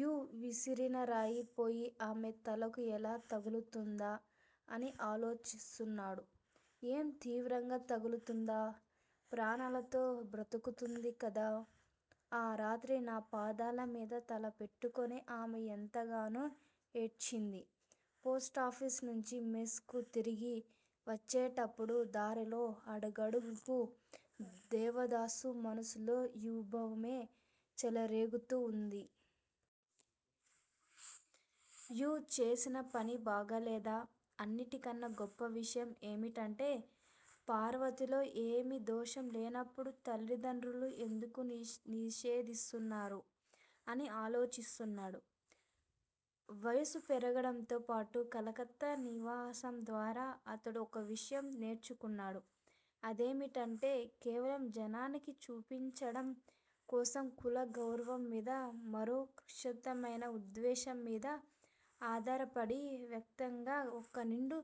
You విసిరినరాయి పోయి ఆమె తలకు ఎలా తగులుతుందా అని ఆలోచిస్తున్నాడు. ఏం, తీవ్రంగా తగులుతుందా? ప్రాణాలతో బ్రతుకుతుంది కదా? ఆ రాత్రి నా పాదాలమీద తల పెట్టుకుని ఆమె ఎంతగానో యేడ్చింది. పోస్ట్ ఆఫీస్ నుంచి మెస్ కు తిరిగి వచ్చేటప్పుడు దారిలో అడుగడుగుకూ దేవదాసు మనసులో యూ భావమే చెలరేగుతూ వుంది. యూ చేసిన పని బాగాలేదా? అన్నిటి కన్నా, గొప్ప విషయం ఏమిటంటే పార్వతిలో ఏమీ దోషం లేనప్పుడు తల్లిదండ్రులు ఎందుకు నిషేధిస్తున్నారు? అని ఆలోచిస్తున్నాడు. వయసు పెరగడంతో పాటు కలకత్తా నివాసం ద్వారా అతడు ఒక విషయం నేర్చుకున్నాడు. అదేమిటంటే కేవలం జనానికి చూపించడం కోసం కుల గౌరవం మీద, మరో క్షుద్రమైన ఉద్దేశ్యం మీద ఆధారపడి వ్యర్ధంగా ఒక నిండు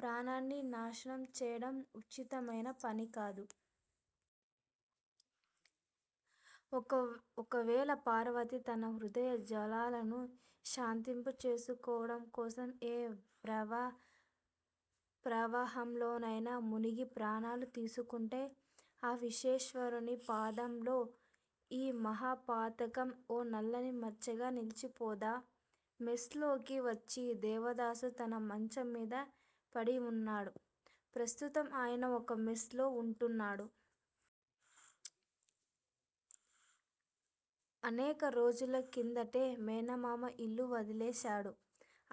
ప్రాణాన్ని నాశనం చేయడం ఉచితమైన పనికాదు. ఒకవేళ పార్వతి తన హృదయ జ్వాలలను శాంతింపచేసుకోవడం కోసం ఏ ప్రవాహంలోనైనా మునిగి ప్రాణాలు తీసుకుంటే ఆ విశ్వేశ్వరుని పాదంలో ఈ మహాపాతకం ఓ నల్లని మచ్చగా నిలిచిపోదా? మెస్ లోకి వచ్చి దేవదాసు తన మంచంమీద పడివున్నాడు. ప్రస్తుతం ఆయన ఒక మెస్ లో వుంటున్నాడు. అనేక రోజుల క్రిందటే మేనమామ ఇల్లు వదిలేశాడు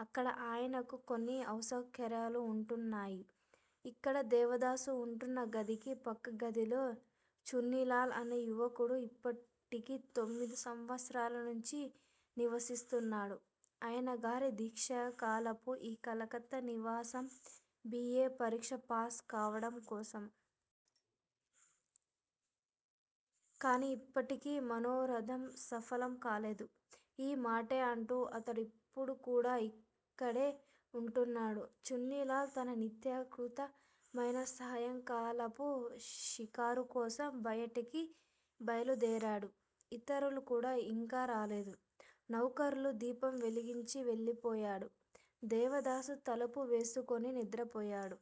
అక్కడ ఆయనకు కొన్ని అసౌకర్యాలు వుంటున్నాయి. ఇక్కడ దేవదాసు వుంటున్న గదికి ప్రక్కగదిలో చున్నీలాల్ అనే యువకుడు ఇప్పటికి తొమ్మిది సంవత్సరాల నుంచి నివసిస్తున్నాడు. ఆయనగారి దీక్షకాలపు ఈ కలకత్తా నివాసం బి. ఏ. పరీక్ష ప్యాస్ కావడం కోసం. కాని ఇప్పటికీ మనోరధం సఫలం కాలేదు. ఈ మాటే అంటూ అతడు ఇప్పుడుకూడా ఇక్కడే వుంటున్నాడు. చున్నీలాల్ తన నిత్యకృత మైన సాయంకాలపు షికారు కోసం బయటికి బయలుదేరాడు. ఇతరులు కూడా ఇంకా రాలేదు. నౌకర్లు దీపం వెలిగించి వెళ్ళిపోయాడు. దేవదాసు తలుపు వేసుకుని నిద్రపోయాడు.